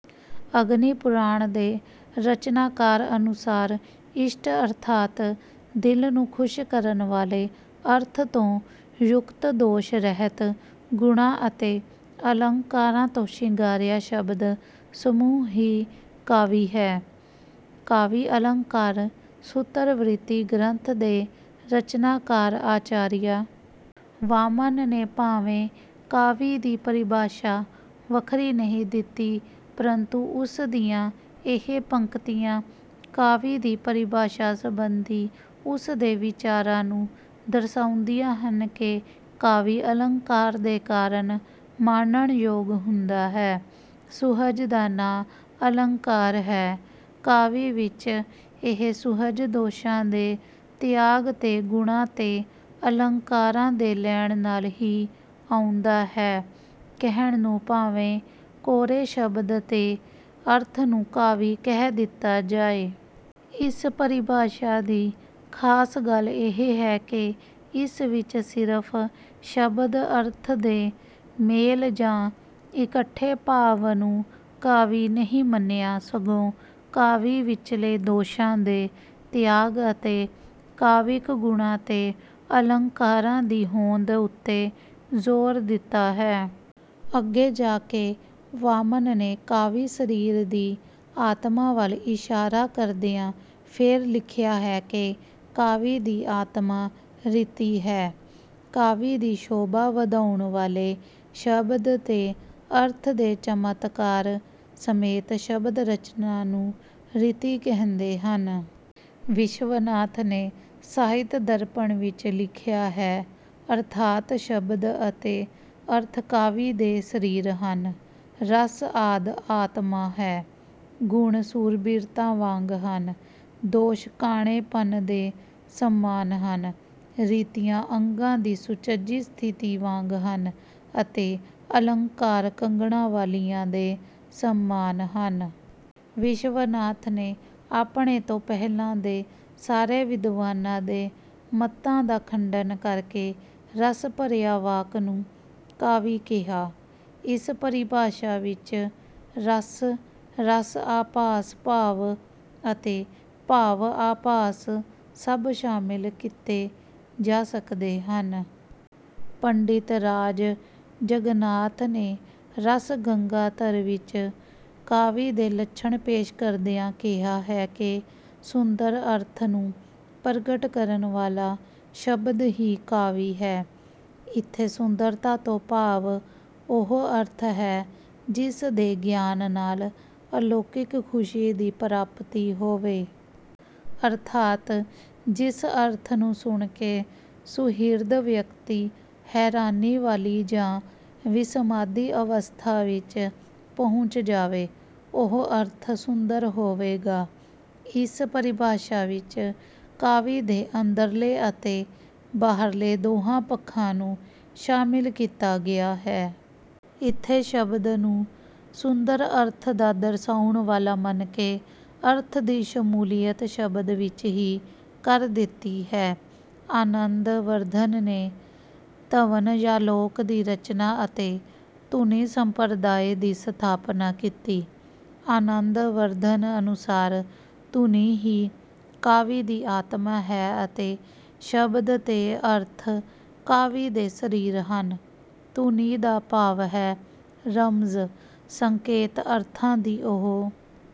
ਅਗਨੀਪੁਰਾਣ ਦੇ ਰਚਨਾਕਾਰ ਅਨੁਸਾਰ ਇਸ਼ਟ ਅਰਥਾਤ ਦਿਲ ਨੂੰ ਖੁਸ਼ ਕਰਨ ਵਾਲੇ ਅਰਥ ਤੋਂ ਯੁਕਤ ਦੋਸ਼ ਰਹਿਤ ਗੁਣਾਂ ਅਤੇ ਅਲੰਕਾਰਾਂ ਤੋਂ ਸ਼ਿੰਗਾਰਿਆ ਸ਼ਬਦ ਸਮੂਹ ਹੀ ਕਾਵਿ ਹੈ। ਕਾਵਿ ਅਲੰਕਾਰ ਸੂਤਰਵ੍ਰਿਤੀ ਗ੍ਰੰਥ ਦੇ ਰਚਨਾਕਾਰ ਆਚਾਰੀਆ ਵਾਮਨ ਨੇ ਭਾਵੇਂ ਕਾਵਿ ਦੀ ਪਰਿਭਾਸ਼ਾ ਵੱਖਰੀ ਨਹੀਂ ਦਿੱਤੀ ਪਰੰਤੂ ਉਸਦੀਆਂ ਇਹ ਪੰਕਤੀਆਂ ਕਾਵਿ ਦੀ ਪਰਿਭਾਸ਼ਾ ਸਬੰਧੀ ਉਸ ਦੇ ਵਿਚਾਰਾਂ ਨੂੰ ਦਰਸਾਉਂਦੀਆਂ ਹਨ ਕਿ ਕਾਵਿ ਅਲੰਕਾਰ ਦੇ ਕਾਰਨ ਮਾਨਣ ਯੋਗ ਹੁੰਦਾ ਹੈ ਸੁਹਜ ਦਾ ਨਾਂ ਅਲੰਕਾਰ ਹੈ ਕਾਵਿ ਵਿੱਚ ਇਹ ਸੁਹਜ ਦੋਸ਼ਾਂ ਦੇ ਤਿਆਗ ਤੇ ਗੁਣਾਂ ਤੇ ਅਲੰਕਾਰਾਂ ਦੇ ਲੈਣ ਨਾਲ ਹੀ ਆਉਂਦਾ ਹੈ ਕਹਿਣ ਨੂੰ ਭਾਵੇਂ ਕੋਰੇ ਸ਼ਬਦ ਤੇ ਅਰਥ ਨੂੰ ਕਾਵਿ ਕਹਿ ਦਿੱਤਾ ਜਾਏ। ਇਸ ਪਰਿਭਾਸ਼ਾ ਦੀ ਖਾਸ ਗੱਲ ਇਹ ਹੈ ਕਿ ਇਸ ਵਿੱਚ ਸਿਰਫ ਸ਼ਬਦ ਅਰਥ ਦੇ ਮੇਲ ਜਾਂ ਇਕੱਠੇ ਭਾਵ ਨੂੰ ਕਾਵਿ ਨਹੀਂ ਮੰਨਿਆ ਸਗੋਂ ਕਾਵਿ ਵਿੱਚਲੇ ਦੋਸ਼ਾਂ ਦੇ ਤਿਆਗ ਅਤੇ ਕਾਵਿਕ ਗੁਣਾਂ ਤੇ ਅਲੰਕਾਰਾਂ ਦੀ ਹੋਂਦ ਉੱਤੇ ਜ਼ੋਰ ਦਿੱਤਾ ਹੈ। ਅੱਗੇ ਜਾ ਕੇ ਵਾਮਨ ਨੇ ਕਾਵਿ ਸਰੀਰ ਦੀ ਆਤਮਾ ਵੱਲ ਇਸ਼ਾਰਾ ਕਰਦਿਆਂ ਫੇਰ ਲਿਖਿਆ ਹੈ ਕਿ ਕਾਵਿ ਦੀ ਆਤਮਾ ਰੀਤੀ ਹੈ। ਕਾਵਿ ਦੀ ਸ਼ੋਭਾ ਵਧਾਉਣ ਵਾਲੇ ਸ਼ਬਦ ਤੇ ਅਰਥ ਦੇ ਚਮਤਕਾਰ ਸਮੇਤ ਸ਼ਬਦ ਰਚਨਾ ਨੂੰ ਰੀਤੀ ਕਹਿੰਦੇ ਹਨ। ਵਿਸ਼ਵਨਾਥ ਨੇ ਸਾਹਿਤ ਦਰਪਣ ਵਿੱਚ ਲਿਖਿਆ ਹੈ ਅਰਥਾਤ ਸ਼ਬਦ ਅਤੇ ਅਰਥ ਕਾਵਿ ਦੇ ਸਰੀਰ ਹਨ ਰਸ ਆਦਿ ਆਤਮਾ ਹੈ ਗੁਣ ਸੂਰਬੀਰਤਾ ਵਾਂਗ ਹਨ ਦੋਸ਼ ਕਾਣੇਪਨ ਦੇ ਸਮਾਨ ਹਨ ਰੀਤੀਆਂ ਅੰਗਾਂ ਦੀ ਸੁਚੱਜੀ ਸਥਿਤੀ ਵਾਂਗ ਹਨ ਅਤੇ ਅਲੰਕਾਰ ਕੰਗਣਾਂ ਵਾਲੀਆਂ ਦੇ ਸਮਾਨ ਹਨ। ਵਿਸ਼ਵਨਾਥ ਨੇ ਆਪਣੇ ਤੋਂ ਪਹਿਲਾਂ ਦੇ ਸਾਰੇ ਵਿਦਵਾਨਾਂ ਦੇ ਮੱਤਾਂ ਦਾ ਖੰਡਨ ਕਰਕੇ ਰਸ ਭਰਿਆ ਵਾਕ ਨੂੰ ਕਾਵਿ ਕਿਹਾ ਇਸ ਪਰਿਭਾਸ਼ਾ ਵਿੱਚ ਰਸ ਰਸ ਆਭਾਸ ਭਾਵ ਅਤੇ ਭਾਵ ਆਭਾਸ ਸਭ ਸ਼ਾਮਿਲ ਕੀਤੇ ਜਾ ਸਕਦੇ ਹਨ। ਪੰਡਿਤਰਾਜ ਜਗਨਾਥ ਨੇ ਰਸ ਗੰਗਾਧਰ ਵਿੱਚ ਕਾਵਿ ਦੇ ਲੱਛਣ ਪੇਸ਼ ਕਰਦਿਆਂ ਕਿਹਾ ਹੈ ਕਿ ਸੁੰਦਰ ਅਰਥ ਨੂੰ ਪ੍ਰਗਟ ਕਰਨ ਵਾਲਾ ਸ਼ਬਦ ਹੀ ਕਾਵਿ ਹੈ। ਇਥੇ ਸੁੰਦਰਤਾ ਤੋਂ ਭਾਵ ਉਹ ਅਰਥ ਹੈ ਜਿਸ ਦੇ ਗਿਆਨ ਨਾਲ ਅਲੌਕਿਕ ਖੁਸ਼ੀ ਦੀ ਪ੍ਰਾਪਤੀ ਹੋਵੇ। ਅਰਥਾਤ ਜਿਸ ਅਰਥ ਨੂੰ ਸੁਣ ਕੇ ਸੁਹਿਰਦ ਵਿਅਕਤੀ ਹੈਰਾਨੀ ਵਾਲੀ ਜਾਂ ਵਿਸਮਾਦੀ ਅਵਸਥਾ ਵਿੱਚ ਪਹੁੰਚ ਜਾਵੇ ਉਹ ਅਰਥ ਸੁੰਦਰ ਹੋਵੇਗਾ। ਇਸ ਪਰਿਭਾਸ਼ਾ ਵਿੱਚ ਕਾਵਿ ਦੇ ਅੰਦਰਲੇ ਅਤੇ ਬਾਹਰਲੇ ਦੋਹਾਂ ਪੱਖਾਂ ਨੂੰ ਸ਼ਾਮਿਲ ਕੀਤਾ ਗਿਆ ਹੈ। ਇਥੇ ਸ਼ਬਦ ਨੂੰ ਸੁੰਦਰ ਅਰਥ ਦਾ ਦਰਸਾਉਣ ਵਾਲਾ ਮੰਨ ਕੇ ਅਰਥ ਦੀ ਸ਼ਮੂਲੀਅਤ ਸ਼ਬਦ ਵਿੱਚ ਹੀ ਕਰ ਦਿੱਤੀ ਗਈ ਹੈ। ਆਨੰਦ ਵਰਧਨ ਨੇ ਧਵਨਯਾਲੋਕ ਦੀ ਰਚਨਾ ਅਤੇ ਧੁਨੀ ਸੰਪਰਦਾਇ ਦੀ ਸਥਾਪਨਾ ਕੀਤੀ। ਆਨੰਦ ਵਰਧਨ ਅਨੁਸਾਰ ਧੁਨੀ ਹੀ ਕਾਵਿ ਦੀ ਆਤਮਾ ਹੈ ਅਤੇ ਸ਼ਬਦ ਤੇ ਅਰਥ ਕਾਵਿ ਦੇ ਸਰੀਰ ਹਨ। ਧੁਨੀ ਦਾ ਭਾਵ ਹੈ ਰਮਜ਼ ਸੰਕੇਤ ਅਰਥਾਂ ਦੀ ਉਹ